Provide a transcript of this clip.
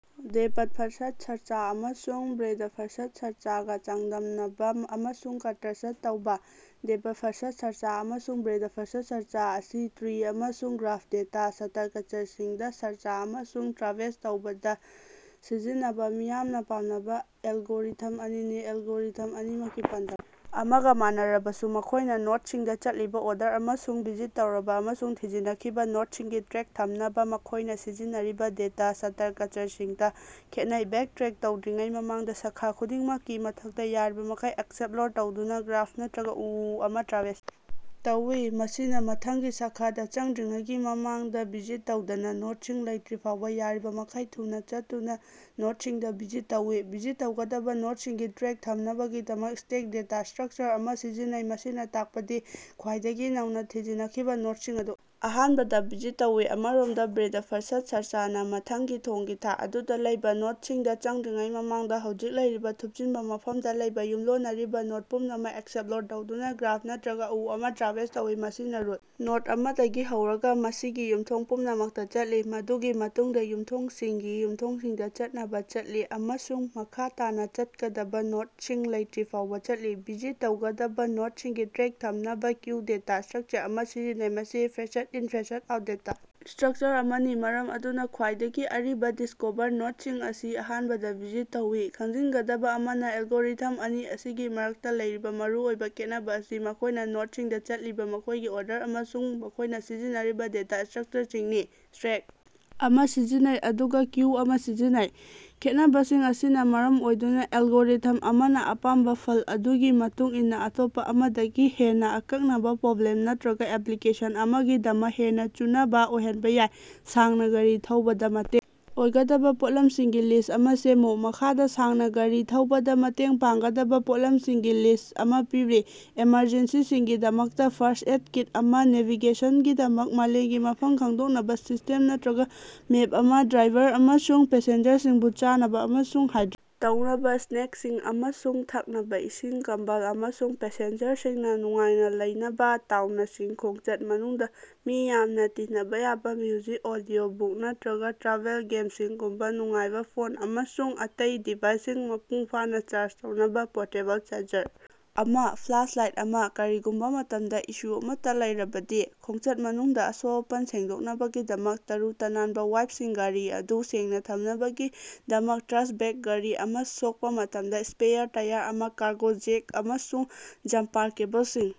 Depth-first search ꯑꯃꯁꯨꯡ breadth first search ꯒ ꯆꯥꯡꯗꯝꯅꯕ ꯑꯃꯁꯨꯡ ꯀꯟꯠꯔꯁ꯭ꯠ ꯇꯧꯕ꯫ ꯗꯦꯄꯊ-ꯐꯥꯔꯁ꯭ꯠ ꯁꯥꯔꯆ ꯑꯃꯁꯨꯡ ꯕ꯭ꯔꯦꯗ-ꯐꯥꯔꯁ꯭ꯠ ꯁꯔꯆ ꯑꯁꯤ ꯇ꯭ꯔꯤ ꯑꯃꯁꯨꯡ ꯒ꯭ꯔꯥꯐ ꯗꯦꯇ ꯁ꯭ꯠꯔꯀꯆꯔꯁꯤꯡꯗ ꯁꯥꯔꯆ ꯑꯃꯁꯨꯡ ꯇ꯭ꯔꯥꯚꯦꯔꯁ ꯇꯧꯕꯗ ꯁꯤꯖꯤꯟꯅꯕ ꯃꯤꯌꯥꯝꯅ ꯄꯥꯝꯅꯕ ꯑꯦꯂꯒꯣꯔꯤꯊꯝ ꯑꯅꯤꯅꯤ꯫ ꯑꯦꯂꯒꯣꯔꯤꯊꯝ ꯑꯅꯤꯃꯛꯀꯤ ꯄꯥꯟꯗꯝ ꯑꯃꯒ ꯃꯥꯟꯅꯔꯕꯁꯨ ꯃꯈꯣꯏꯅ ꯅꯣꯗꯁꯤꯡꯗ ꯆꯠꯂꯤꯕ ꯑꯣꯔꯗꯔ ꯑꯃꯁꯨꯡ ꯚꯤꯖꯤꯠ ꯇꯧꯔꯕ ꯑꯃꯁꯨꯡ ꯊꯤꯖꯤꯅꯈꯤꯕ ꯅꯣꯗꯁꯤꯡꯒꯤ ꯇ꯭ꯔꯦꯛ ꯊꯝꯅꯕ ꯃꯈꯣꯏꯅ ꯁꯤꯖꯤꯟꯅꯔꯤꯕ ꯗꯦꯇ ꯁ꯭ꯠꯔꯀꯆꯔꯁꯤꯡꯗ ꯈꯦꯠꯅꯩ꯫ ꯕꯦꯛꯇꯔꯦꯛ ꯇꯧꯗ꯭ꯔꯤꯉꯩꯒꯤ ꯃꯃꯥꯡꯗ ꯁꯥꯈꯥ ꯈꯨꯗꯤꯡꯃꯛꯀꯤ ꯃꯊꯛꯇ ꯌꯥꯔꯤꯕꯃꯈꯩ ꯑꯦꯛꯁꯞꯂꯣꯔ ꯇꯧꯗꯨꯅ ꯒ꯭ꯔꯥꯐ ꯅꯠꯇꯔꯒ ꯎ ꯑꯃ ꯇ꯭ꯔꯥꯚꯦꯁ ꯇꯧꯏ꯫ ꯃꯁꯤꯅ ꯃꯊꯪꯒꯤ ꯁꯥꯈꯗ ꯆꯪꯗ꯭ꯔꯤꯉꯩꯒꯤ ꯃꯃꯥꯡꯗ ꯚꯤꯖꯤꯠ ꯇꯧꯗꯕ ꯅꯣꯗꯁꯤꯡ ꯂꯩꯇꯔꯤꯐꯥꯎꯕ ꯌꯥꯔꯤꯕꯃꯈꯩ ꯊꯨꯅ ꯆꯠꯇꯨꯅ ꯅꯣꯗꯁꯤꯡꯗ ꯚꯤꯖꯤꯠ ꯇꯧꯏ꯫ ꯚꯤꯖꯤꯠ ꯇꯧꯒꯗꯕ ꯅꯣꯗꯁꯤꯡꯒꯤ ꯇ꯭ꯔꯦꯛ ꯊꯝꯅꯕꯒꯤꯗꯃꯛ ꯁ꯭ꯇꯦꯛ ꯗꯦꯇꯥ ꯁ꯭ꯠꯔꯛꯆꯔ ꯑꯃ ꯁꯤꯖꯤꯟꯅꯩ꯫ ꯃꯁꯤꯅ ꯇꯥꯛꯄꯗꯤ ꯈ꯭ꯋꯥꯏꯗꯒꯤ ꯅꯧꯅ ꯊꯤꯖꯤꯅꯈꯤꯕ ꯅꯣꯗꯁꯤꯡ ꯑꯗꯨ ꯑꯍꯥꯟꯕꯗ ꯚꯤꯖꯤꯠ ꯇꯧꯏ꯫ ꯑꯃꯔꯣꯝꯗ ꯕ꯭ꯔꯦꯗ-ꯐꯥꯔꯁ꯭ꯠ ꯁꯔꯆ ꯅꯥ ꯃꯊꯪꯒꯤ ꯊꯣꯡꯒꯤ ꯊꯥꯛ ꯑꯗꯨꯗ ꯂꯩꯕꯥ ꯅꯣꯗꯁꯤꯡꯗ ꯆꯪꯗ꯭ꯔꯤꯉꯩꯒꯤ ꯃꯃꯥꯡꯗ ꯍꯧꯖꯤꯛ ꯂꯩꯔꯤꯕ ꯊꯨꯞꯆꯤꯟꯕ ꯃꯐꯝꯗ ꯂꯩꯕ ꯌꯨꯝꯂꯣꯟꯅꯔꯤꯕ ꯅꯣꯗ ꯄꯨꯝꯅꯃꯛ ꯑꯦꯛꯁꯞꯂꯣꯔ ꯇꯧꯗꯨꯅ ꯒ꯭ꯔꯥꯐ ꯅꯠꯇꯔꯒ ꯎ ꯑꯃ ꯇ꯭ꯔꯥꯚꯦꯁ ꯇꯧꯏ꯫ ꯃꯁꯤꯅ ꯔꯨꯠ ꯅꯣꯗ ꯑꯃꯗꯒꯤ ꯍꯧꯔꯒ ꯃꯁꯤꯒꯤ ꯌꯨꯝꯊꯣꯡ ꯄꯨꯝꯅꯃꯛꯇ ꯆꯠꯂꯤ꯫ꯃꯗꯨꯒꯤ ꯃꯇꯨꯡꯗ ꯌꯨꯝꯊꯣꯡꯁꯤꯡꯒꯤ ꯌꯨꯝꯊꯣꯡꯁꯤꯡꯗ ꯆꯠꯅꯕ ꯆꯠꯂꯤ ꯑꯃꯁꯨꯡ ꯃꯈꯥ ꯇꯥꯅ ꯆꯠꯀꯗꯕ ꯅꯣꯗꯁꯤꯡ ꯂꯩꯠꯔꯤꯐꯥꯎꯕ ꯆꯠꯂꯤ꯫ ꯚꯤꯖꯤꯠ ꯇꯧꯒꯗꯕ ꯅꯣꯗꯁꯤꯡꯒꯤ ꯇ꯭ꯔꯦꯛ ꯊꯝꯅꯕ ꯀ꯭ꯌꯨ ꯗꯦꯇ ꯁ꯭ꯠꯔꯀꯆꯔ ꯑꯃ ꯁꯤꯖꯤꯟꯅꯩ꯫ ꯃꯁꯤ ꯐꯥꯔꯁ꯭ꯠ-ꯏꯟ ꯐꯥꯔꯁ꯭ꯠ-ꯑꯥꯎꯠ ꯗꯦꯇꯥ ꯁ꯭ꯠꯔꯀꯆꯔ ꯑꯃꯅꯤ ꯃꯔꯝ ꯑꯗꯨꯅ ꯈ꯭ꯋꯥꯏꯗꯒꯤ ꯑꯔꯤꯕꯥ ꯗꯤꯁ꯭ꯀꯣꯚꯔ ꯅꯣꯗꯁꯤꯡ ꯑꯁꯤ ꯑꯍꯥꯟꯕꯗ ꯚꯤꯖꯤꯠ ꯇꯧꯏ꯫ ꯈꯪꯖꯤꯟꯒꯗꯕ ꯑꯃꯅ ꯑꯦꯂꯒꯣꯔꯤꯊꯝ ꯑꯅꯤ ꯑꯁꯤꯒꯤ ꯃꯔꯛꯇ ꯂꯩꯔꯤꯕ ꯃꯔꯨꯑꯣꯏꯕ ꯈꯦꯠꯅꯕ ꯑꯁꯤ ꯃꯈꯣꯏꯅ ꯅꯣꯗꯁꯤꯡꯗ ꯆꯠꯂꯤꯕ ꯃꯈꯣꯏꯒꯤ ꯑꯣꯔꯗꯔ ꯑꯃꯁꯨꯡ ꯃꯈꯣꯏꯅ ꯁꯤꯖꯤꯟꯅꯔꯤꯕ ꯗꯦꯇ ꯁ꯭ꯠꯔꯀꯆꯔꯁꯤꯡꯅꯤ꯫ ꯁ꯭ꯇꯦꯛ ꯑꯃ ꯁꯤꯖꯤꯟꯅꯩ ꯑꯗꯨꯒ ꯀ꯭ꯌꯨ ꯑꯃ ꯁꯤꯖꯤꯟꯅꯩ꯫ ꯈꯦꯠꯅꯕꯁꯤꯡ ꯑꯁꯤꯅ ꯃꯔꯝ ꯑꯣꯏꯗꯨꯅ ꯑꯦꯂꯒꯣꯔꯤꯊꯝ ꯑꯃꯅ ꯑꯄꯥꯝꯕ ꯐꯜ ꯑꯗꯨꯒꯤ ꯃꯇꯨꯡ ꯏꯟꯅ ꯑꯇꯣꯞꯄ ꯑꯃꯗꯒꯤ ꯍꯦꯟꯅ ꯑꯀꯛꯅꯕ ꯄ꯭ꯔꯣꯕ꯭ꯂꯦꯝ ꯅꯠꯇꯔꯒ ꯑꯦꯞꯂꯤꯀꯦꯁꯟ ꯑꯃꯒꯤꯗꯃꯛ ꯍꯦꯟꯅ ꯆꯨꯅꯕ ꯑꯣꯏꯍꯟꯕ ꯌꯥꯏ꯫ ꯁꯥꯡꯅ ꯒꯥꯔꯤ ꯊꯧꯕꯗ ꯃꯇꯦꯡ ꯑꯣꯏꯒꯗꯕ ꯄꯣꯠꯂꯝꯁꯤꯡꯒꯤ ꯂꯤꯁ꯭ꯠ ꯑꯃ ꯁꯦꯝꯃꯨ꯫ ꯃꯈꯥꯗ ꯁꯥꯡꯅ ꯒꯥꯔꯤ ꯊꯧꯕꯗ ꯃꯇꯦꯡ ꯄꯥꯡꯒꯗꯕ ꯄꯣꯠꯂꯝꯁꯤꯡꯒꯤ ꯂꯤꯁ꯭ꯠ ꯑꯃ ꯄꯤꯔꯤ ꯑꯦꯃꯔꯖꯦꯟꯁꯤꯁꯤꯡꯒꯤꯗꯃꯛꯇ ꯐꯥꯔꯁ꯭ꯠ ꯑꯦꯏꯗ ꯀꯤꯠ ꯑꯃ ꯅꯦꯚꯤꯒꯦꯁꯟꯒꯤꯗꯃꯛꯇ ꯃꯥꯂꯦꯝꯒꯤ ꯃꯐꯝ-ꯈꯪꯗꯣꯛꯅꯕ ꯁꯤꯁ꯭ꯇꯦꯝ ꯅꯠꯇꯔꯒ ꯃꯦꯞ ꯑꯃ ꯗ꯭ꯔꯥꯏꯚꯔ ꯑꯃꯁꯨꯡ ꯄꯦꯁꯦꯟꯖꯔꯁꯤꯡꯕꯨ ꯆꯥꯅꯕ ꯑꯃꯁꯨꯡ ꯍꯥꯏꯗ꯭ꯔꯦꯠ ꯇꯧꯅꯕ ꯁ꯭ꯅꯦꯀꯁꯤꯡ ꯑꯃꯁꯨꯡ ꯊꯛꯅꯕ ꯏꯁꯤꯡ ꯀꯝꯕꯜ ꯑꯃꯁꯨꯡꯄꯦꯁꯦꯟꯖꯔꯁꯤꯡꯅ ꯅꯨꯡꯉꯥꯏꯅ ꯂꯩꯅꯕ ꯇꯥꯎꯅꯁꯤꯡ ꯈꯣꯡꯆꯠ ꯃꯅꯨꯡꯗ ꯃꯤ ꯌꯥꯝꯅ ꯇꯤꯅꯕ ꯌꯥꯕ ꯃ꯭ꯌꯨꯖꯤꯛ, ꯑꯣꯗꯤꯑꯣ ꯕꯨꯛ ꯅꯠꯇꯔꯒ ꯇ꯭ꯔꯥꯚꯦꯜ ꯒꯦꯝꯁꯤꯡꯒꯨꯝꯕ ꯅꯨꯡꯉꯥꯏꯕ ꯐꯣꯟ ꯑꯃꯁꯨꯡ ꯑꯇꯩ ꯗꯤꯚꯥꯏꯁꯁꯤꯡ ꯃꯄꯨꯡ ꯐꯥꯅ ꯆꯥꯔꯖ ꯇꯧꯅꯕ ꯄꯣꯔꯇꯦꯕꯜ ꯆꯥꯔꯖꯔ ꯑꯃ ꯐ꯭ꯂꯥꯁꯂꯥꯏꯠ ꯑꯃ ꯀꯔꯤꯒꯨꯝꯕ ꯃꯇꯝꯗ ꯏꯁꯨ ꯑꯃꯠꯇ ꯂꯩꯔꯕꯗꯤ꯫ ꯈꯣꯡꯆꯠ ꯃꯅꯨꯡꯗ ꯑꯁꯣꯛ-ꯑꯄꯟ ꯁꯦꯡꯗꯣꯛꯅꯕꯒꯤꯗꯃꯛ ꯇꯔꯨ-ꯇꯅꯥꯟꯕ ꯋꯥꯏꯄꯁꯤꯡ ꯒꯥꯔꯤ ꯑꯗꯨ ꯁꯦꯡꯅ ꯊꯝꯅꯕꯒꯤꯗꯃꯛ ꯇ꯭ꯔꯥꯁ ꯕꯦꯒꯁꯤꯡ ꯒꯥꯔꯤ ꯑꯃ ꯁꯣꯛꯄ ꯃꯇꯝꯗ ꯁ꯭ꯄꯦꯌꯥꯔ ꯇꯌꯥꯔ ꯑꯃ ꯀꯥꯔꯒꯣ ꯖꯦꯛ ꯑꯃꯁꯨꯡ ꯖꯝꯄꯥꯔ ꯀꯦꯕꯂꯁꯤꯡ꯫